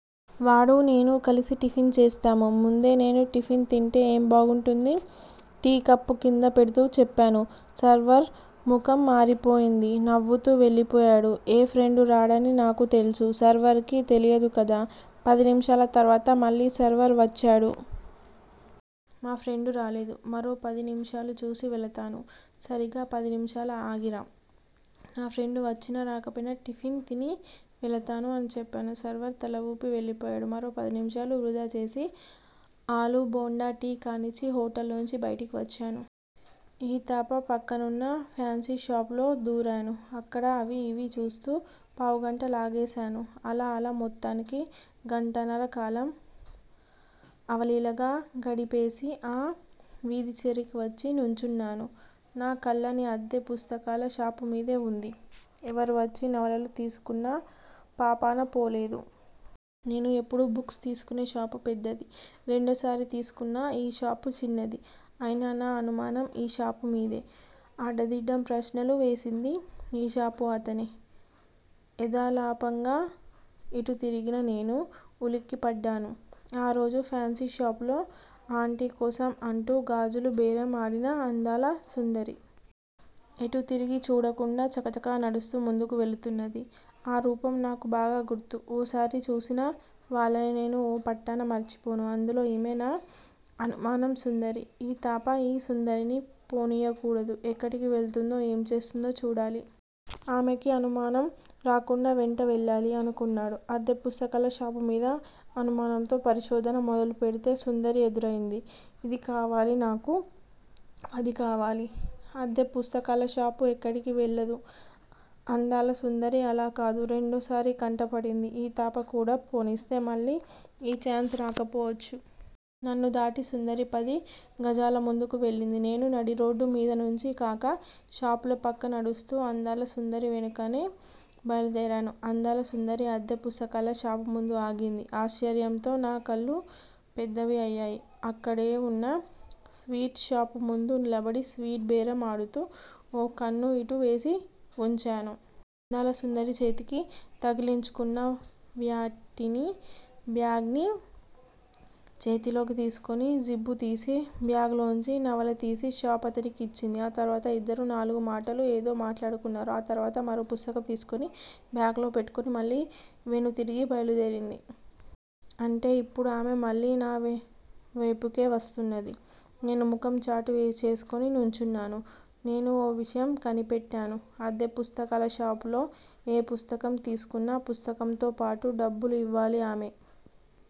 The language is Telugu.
వాడూ నేనూ కలిసి టిఫిన్ చేస్తాము. ముందే నేను టిఫిన్ తింటే ఏం బాగుంటుంది! టీ కప్పు కింద పెడుతూ చెప్పాను. సర్వర్ ముఖం మారిపోయింది. నవ్వుతూ వెళ్ళిపోయాడు. ఏ ఫ్రెండూ రాడని నాకు తెలుసు. సర్వర్ కి తెలియదు కదా! పదినిమిషాల తర్వాత మళ్ళీ సర్వర్ వచ్చాడు. మా ఫ్రెండ్ రాలేదు. మరో పది నిమిషాలు చూసి వెళతాను. సరీగ పది నిమిషాలు ఆగిరా. నా ఫ్రెండ్ వచ్చినా రాకపోయినా టిఫెన్ తిని వెళతాను. అని చెప్పాను. సర్వర్ తలవూపి వెళ్ళిపోయాడు. మరో పది నిమిషాలు వృధాచేసి ఆ లూబోండాటీ కానిచ్చి హోటల్లోంచి బైటికి వచ్చాను. ఈ తఫా పక్కనున్న ఫాన్సీషాపులో దూరాను. అక్కడ అవీ ఇవీ చూస్తూ పావుగంట లాగేశాను. అలా అలా మొత్తానికి గంటన్నరకాలం అవలీలగా గడిపేసి ఆ వీధి చివరికి వచ్చి నుంచున్నాను. నా కళ్ళన్నీ అద్దె పుస్తకాల షాపుమీదే వుంది. ఎవరూ వచ్చి నవలలు తీసుకున్న పాపానపోలేదు. నేను ఎప్పుడూ బుక్స్ తీసుకునే షాపు పెద్దది. రెండోసారి తీసుకున్న ఈ షాపు చిన్నది. అయినా నా అనుమానం ఈ షాపుమీదే అడ్డదిడ్డం ప్రశ్నలు వేసింది ఈ షాపు అతనే. ఎదాలాపంగా ఇటు తిరిగిన నేను ఉలిక్కిపడ్డాను. ఆ రోజు ఫాన్సీషాపులో ఆంటీకోసం అంటూ గాజులు బేరం ఆడిన అందాల సుందరి. ఎటూ తిరిగి చూడకుండా చకచక నడుస్తూ ముందుకు వెళుతున్నది. ఆ రూపం నాకు బాగా గుర్తు. ఓసారి చూసిన వాళ్ళని నేను ఓ పట్టాన మర్చిపోను. అందులో ఈమె నా అనుమానం సుందరి. ఈ తఫా ఈ సుందరిని పోనీయకూడదు. ఎక్కడికి వెళుతుందో ఏం చేస్తుందో చూడాలి. ఆమెకి అనుమానం రాకుండా వెంట వెళ్ళాలి. అనుకున్నాడు. అద్దె పుస్తకాల షాపుమీద అనుమానంతో పరిశోధన మొదలు పెడితే సుందరి ఎదురయింది. ఇదీ కావాలి నాకు అదీ కావాలి. అద్దె పుస్తకాలషాపు ఎక్కడికీ వెళ్ళదు. అందాల సుందరి అలాకాదు. రెండోసారి కంటపడింది. ఈ తఫా కూడా పోనిస్తే మళ్ళీ యీ ఛాన్స్ రాకపోవచ్చు. నన్ను దాటి సుందరి పది గజాలుముందుకు వెళ్ళింది. నేను నడిరోడ్డు మీదనుంచి కాక షాపుల పక్కగా నడుస్తూ అందాల సుందరి వెనుకనే బైలుదేరాను. అందాల సుందరి అద్దె పుస్తకాల షాపుముందు ఆగింది. ఆశ్చర్యంతో నా కళ్ళు పెద్దవి అయ్యాయి. అక్కడేవున్న స్వీట్ షాపుముందు నిలబడి స్వీట్ బేరం ఆడుతూ ఓ కన్ను ఇటు వేసి వుంచాను. అందాల సుందరి చేతికి తగిలించుకున్న వ్యానిటీ బ్యాగ్ ని చేతిలోకి తీసుకుని జిప్పుతీసి బ్యాగ్ లోంచి నవలతీసి షాపు అతనికి ఇచ్చింది. ఆ తర్వాత ఇద్దరూ నాలుగు మాటలు ఏదో మాట్లాడుకున్నారు. ఆ తర్వాత మరో పుస్తకం తీసుకుని బ్యాగ్ లో పెట్టుకుని మళ్ళీ వెనుతిరిగి బైలుదేరింది. అంటే ఇప్పుడు ఆమె మళ్ళీ నా వేపుకే వస్తున్నది. నేను ముఖం చాటు చేసుకుని నుంచున్నాను. నేను ఓ విషయం కనిపెట్టాను. అద్దె పుస్తకాలషాపులో ఏ పుస్తకం తీసుకున్నా పుస్తకంతో పాటు డబ్బులు ఇవ్వాలి ఆమె